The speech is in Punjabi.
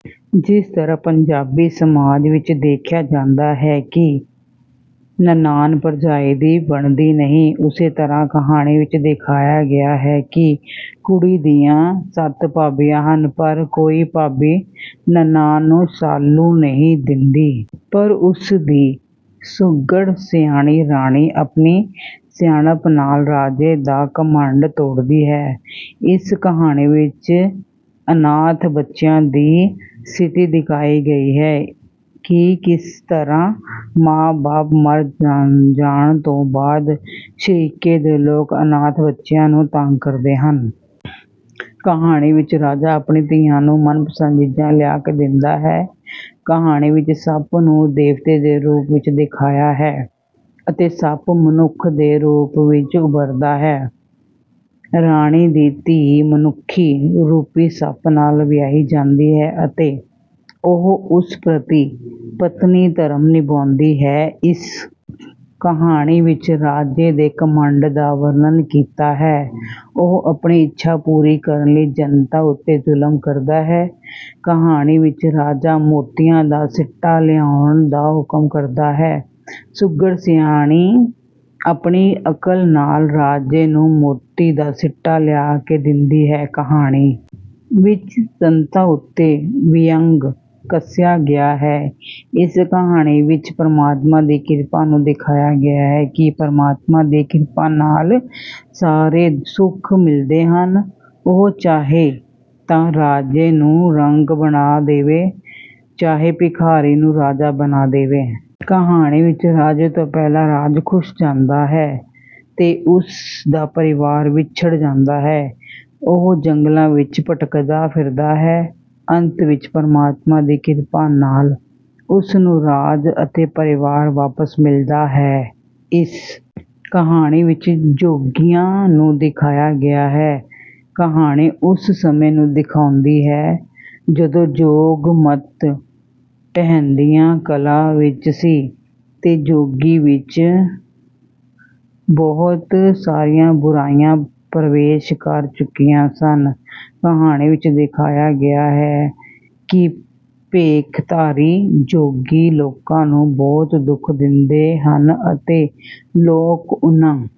ਜਿਸ ਤਰ੍ਹਾਂ ਪੰਜਾਬੀ ਸਮਾਜ ਵਿਚ ਦੇਖਿਆ ਜਾਂਦਾ ਹੈ ਕਿ ਨਨਾਣ-ਭਰਜਾਈ ਦੀ ਬਣਦੀ ਨਹੀਂ, ਉਸੇ ਤਰ੍ਹਾਂ ਕਹਾਣੀ ਵਿਚ ਦਿਖਾਇਆ ਗਿਆ ਹੈ ਕਿ ਕੁੜੀ ਦੀਆਂ ਸੱਤ ਭਾਬੀਆਂ ਹਨ। ਪਰ ਕੋਈ ਭਾਬੀ ਨਨਾਣ ਨੂੰ ਸਾਲੂ ਨਹੀਂ ਦਿੰਦੀ। ਪਰ ਉਸਦੀ ਸੁਘੜ-ਸਿਆਣੀ ਰਾਣੀ ਆਪਣੀ ਸਿਆਣਪ ਨਾਲ ਰਾਜੇ ਦਾ ਘਮੰਡ ਤੋੜਦੀ ਹੈ। ਇਸ ਕਹਾਣੀ ਵਿਚ ਅਨਾਥ ਬੱਚਿਆਂ ਦੀ ਸਥਿਤੀ ਦਿਖਾਈ ਗਈ ਹੈ ਕਿ ਕਿਸ ਤਰ੍ਹਾਂ ਮਾਂ-ਬਾਪ ਦੇ ਮਰ ਜਾਣ ਜਾਣ ਤੋਂ ਬਾਅਦ ਸ਼ਰੀਕੇ ਦੇ ਲੋਕ ਅਨਾਥ ਬੱਚਿਆਂ ਨੂੰ ਤੰਗ ਕਰਦੇ ਹਨ। ਕਹਾਣੀ ਵਿਚ ਰਾਜਾ ਆਪਣੀ ਧੀਆਂ ਨੂੰ ਮਨਪਸੰਦ ਚੀਜ਼ਾਂ ਲਿਆ ਕੇ ਦਿੰਦਾ ਹੈ। ਕਹਾਣੀ ਵਿਚ ਸੱਪ ਨੂੰ ਦੇਵਤੇ ਦੇ ਰੂਪ ਵਿਚ ਦਿਖਾਇਆ ਹੈ ਅਤੇ ਸੱਪ ਮਨੁੱਖ ਦੇ ਰੂਪ ਵਿਚ ਉਭਰਦਾ ਹੈ। ਰਾਣੀ ਦੀ ਧੀ ਮਨੁੱਖੀ ਰੂਪੀ ਸੱਪ ਨਾਲ ਵਿਆਹੀ ਜਾਂਦੀ ਹੈ ਅਤੇ ਉਹ ਉਸ ਪ੍ਰਤੀ ਪਤਨੀ ਧਰਮ ਨਿਭਾਉਂਦੀ ਹੈ। ਇਸ ਕਹਾਣੀ ਵਿਚ ਰਾਜੇ ਦੇ ਘਮੰਡ ਦਾ ਵਰਣਨ ਕੀਤਾ ਹੈ। ਉਹ ਆਪਣੀ ਇੱਛਾ ਪੂਰੀ ਕਰਨ ਲਈ ਜਨਤਾ ਉੱਤੇ ਜ਼ੁਲਮ ਕਰਦਾ ਹੈ। ਕਹਾਣੀ ਵਿਚ ਰਾਜਾ ਮੋਤੀ ਦਾ ਸਿੱਟਾ ਲਿਆਉਣ ਦਾ ਹੁਕਮ ਕਰਦਾ ਹੈ। ਸੁਘੜ-ਸਿਆਣੀ ਆਪਣੀ ਅਕਲ ਨਾਲ ਰਾਜੇ ਨੂੰ ਮੋਤੀਆਂ ਦਾ ਸਿੱਟਾ ਲਿਆ ਕੇ ਦਿੰਦੀ ਹੈ। ਕਹਾਣੀ ਵਿੱਚ ਸੰਤਾਂ ਉੱਤੇ ਵਿਅੰਗ ਕੱਸਿਆ ਗਿਆ ਹੈ। ਇਸ ਕਹਾਣੀ ਵਿਚ ਪਰਮਾਤਮਾ ਦੀ ਕਿਰਪਾ ਨੂੰ ਦਿਖਾਇਆ ਗਿਆ ਹੈ ਕਿ ਪਰਮਾਤਮਾ ਦੀ ਕਿਰਪਾ ਨਾਲ ਸਾਰੇ ਸੁੱਖ ਮਿਲਦੇ ਹਨ। ਉਹ ਚਾਹੇ ਤਾਂ ਰਾਜੇ ਨੂੰ ਰੰਕ ਬਣਾ ਦੇਵੇ, ਚਾਹੇ ਭਿਖਾਰੀ ਨੂੰ ਰਾਜਾ ਬਣਾ ਦੇਵੇ। ਕਹਾਣੀ ਵਿਚ ਰਾਜੇ ਤੋਂ ਪਹਿਲਾਂ ਰਾਜ ਖੁੱਸ ਜਾਂਦਾ ਹੈ ਤੇ ਉਸਦਾ ਪਰਿਵਾਰ ਵਿਛੜ ਜਾਂਦਾ ਹੈ। ਉਹ ਜੰਗਲਾਂ ਵਿਚ ਭਟਕਦਾ ਫਿਰਦਾ ਹੈ। ਅੰਤ ਵਿਚ ਪਰਮਾਤਮਾ ਦੀ ਕਿਰਪਾ ਨਾਲ ਉਸਨੂੰ ਰਾਜ ਅਤੇ ਪਰਿਵਾਰ ਵਾਪਸ ਮਿਲਦਾ ਹੈ। ਇਸ ਕਹਾਣੀ ਵਿਚ ਜੋਗੀਆਂ ਨੂੰ ਦਿਖਾਇਆ ਗਿਆ ਹੈ। ਕਹਾਣੀ ਉਸ ਸਮੇਂ ਨੂੰ ਦਿਖਾਉਂਦੀ ਹੈ ਜਦੋਂ ਜੋਗ ਮਤ ਢਹਿੰਦੀਆਂ ਕਲਾਂ ਵਿਚ ਸੀ ਤੇ ਜੋਗੀ ਵਿਚ ਬਹੁਤ ਸਾਰੀਆਂ ਬੁਰਾਈਆਂ ਪ੍ਰਵੇਸ਼ ਕਰ ਚੁੱਕੀਆਂ ਸਨ। ਕਹਾਣੀ ਵਿਚ ਦਿਖਾਇਆ ਗਿਆ ਹੈ ਕਿ ਭੇਖਧਾਰੀ ਜੋਗੀ ਲੋਕਾਂ ਨੂੰ ਬਹੁਤ ਦੁੱਖ ਦਿੰਦੇ ਹਨ ਅਤੇ ਲੋਕ ਉਨ੍ਹਾਂ...